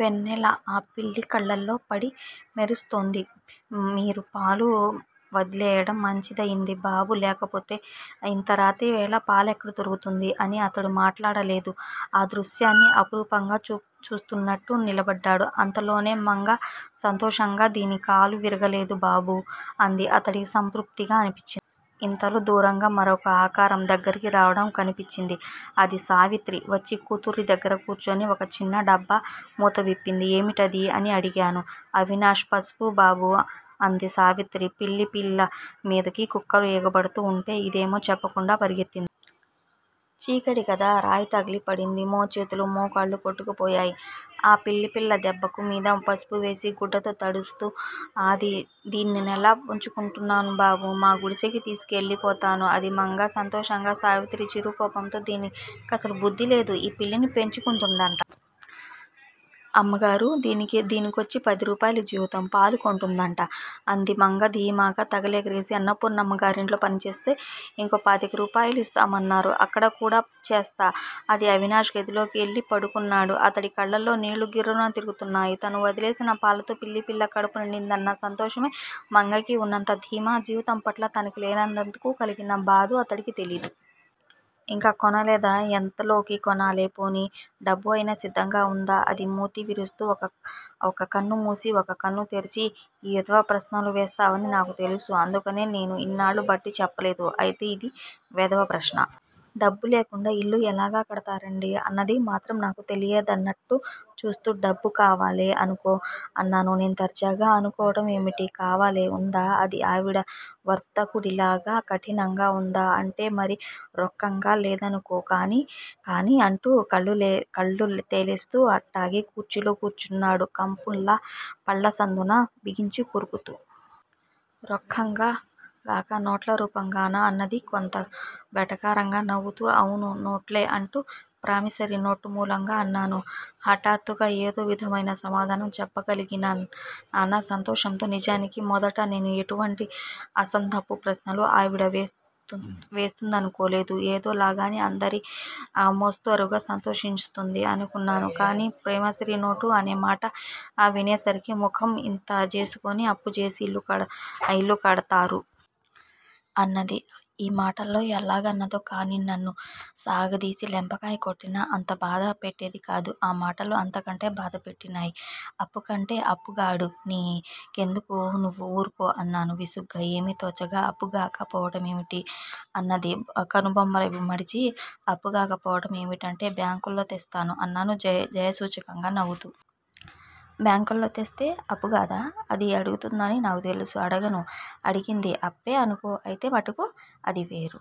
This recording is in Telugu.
వెన్నెల ఆ పిల్లి కళ్ళల్లోపడి మెరుస్తోంది. మీరు పాలు వదిలేయడం మంచిదయింది బాబూ. లేకపోతే ఇంత రాత్రివేళ పాలెక్కడ దొరుకుతాయి అంది. అతడు మాట్లాడలేదు. ఆ దృశ్యాన్నే అపురూపంగా చూస్తున్నట్లు నిలబడ్డాడు. అంతలోనే మంగ సంతోషంగా దీని కాలు విరగలేదు బాబూ అంది. అతడికి సంతృప్తిగా అనిపించింది. ఇంతలో దూరంగా మరొక ఆకారం దగ్గరికి రావడం కనిపించింది. అది సావిత్రి. వచ్చి కూతురి దగ్గర కూర్చొని ఒక చిన్న డబ్బా మూతవిప్పింది. ఏమిటిది? అని అడిగాడు అవినాష్. పసుపు బాబూ అంది సావిత్రి. పిల్లిపిల్ల మీదకి కుక్కలు ఎగబడుతూ వుంటే ఇదేమో చెప్పకుండా పరిగెత్తింది. చీకటి కదా. రాయితగిలి పడింది. మోచేతులు, మోకాళ్ళు కొట్టుకుపోయాయి ఆ పిల్ల దెబ్బల మీద పసుపువేసి గుడ్డతో తడుస్తూ అంది. దీన్ని నేను వుంచుకుంటున్నానుబాబూ. మా గుడిసెకి తీసికెళ్ళి పోతున్నాను అంది మంగ సంతోషంగా. సావిత్రి చిరుకోపంతో దీని కసలు బుద్ధిలేదు. ఈ పిల్లిని పెంచుతుందట. అమ్మగారు దీనికిచ్చే పదిరూపాయలు జీతంలో పాలు కొంటుందట అంది. మంగ ధీమాగా తలెగరెసి అన్నపూర్ణమ్మగారింట్లో పనిచేస్తే ఇంకో పాతిక రూపాయలు యిస్తామన్నారు. అక్కడకూడా చేస్తా అంది. అవినాష్ గదిలోకెళ్ళి పడుకున్నాడు. అతడి కళ్ళల్లో నీళ్ళు గిర్రున తిరుగుతున్నాయి. తను వదిలేసినా పాలతో పిల్లిపిల్ల కడుపు నిందిందన్న సంతోషమో, మంగకి వున్నంత ధీమా జీవితంపట్ల తనకి లేనందుకు కలిగిన బాధో అతడికే తెలీదు. 'యింకా కొనలేదు, ఎంతలోకి కొనాలె! ' 'పోనీ డబ్బు అయినా సిద్దంగా ఉందా' అంది మూతి విరుస్తూ ఒక కన్ను మూసి ఒక కన్ను తెరచి. 'ఈ వెధవ ప్రశ్నలు వేస్తావని నాకు తెలుసు. అందుకనే నీకు యిన్నాళ్ళ బట్టీ చెప్పలేదు. అయితే యిది వెధవప్రశ్న?? డబ్బు లేకుండా యిల్లు ఎల్లాగ కడతారండీ అన్నది మాత్రం నాకు తెలియదన్నట్లు చూస్తూ. 'డబ్బు కావాలే అనుకో' అన్నాను నేను దర్జాగా 'అనుకోవటం ఏమిటీ? కావాలె_ఉందా? ' అంది ఆవిడ వర్తకుడిలాగ కఠినంగా? 'ఉందా అంటేమరీ రొక్కంగా లేదనుకో కానీ కానీ ' అంటూ కళ్ళు తేలేస్తూ అట్టాగే కుర్చీలో కూర్చున్నాను కలంపుల్ల పళ్ళసందున బిగించికొరుకుతూ. 'రొక్కంగా గాక నోట్లరూపంగానా అన్నది కాంతం వెటకారంగా నవ్వుతూ. ' 'అవునూ నోట్లో అంటే ప్రానిసరీనోట్లు మూలకంగా' అన్నాను. హఠాత్తుగా ఏదోవిధమైన సమాధానం చెప్పగలిగినానన్న సంతోషంతో నిజానికి మొదట నేను ఇటువంటి అసందర్భపు ప్రశ్నలు ఈవిడ వేస్తుందనుకోలేదు ఏదోనాలాగే అందరి మోస్తరుగా సంతోషిస్తుంది అనుకున్నానుగాని. ప్రామసరీ నోటు అనేమాట వినేసరికి, ముఖం ఇంత జేసుకొని అప్పుజేసి ఇల్లుకడతారూ? అన్నది. ఈమాటలు ఎల్లాగన్నదో కానినన్ను సాగదీసి లెంపకాయ కొట్టినా, అంతబాధ పెట్టేదికాదు. ఆ మాటలు అంతకంటె బాధపెట్టినయి. 'అప్పు అంటే అప్పుగాదు. నీ కెందుకూ నీవు ఊరుకో' అన్నాను విసుగ్గా ఏమీ తోచక. 'అప్పుగాక పోవటం ఏమిటి? అన్నది కనుబొమ్మలు ముడిచి. 'అప్పుగాక పోవటం ఏమిటంటే బ్యాంకులో తెస్తాను' అన్నాను జయసూచకంగా నవ్వుతూ. 'బ్యాంకులో తెస్తే అప్పుగాదా? అని అడుగుతుందని నాకు తెలుసూ. అడగనూ అడిగింది. ' అప్పే అనుకో, అయితే మట్టుకు అదివేరు.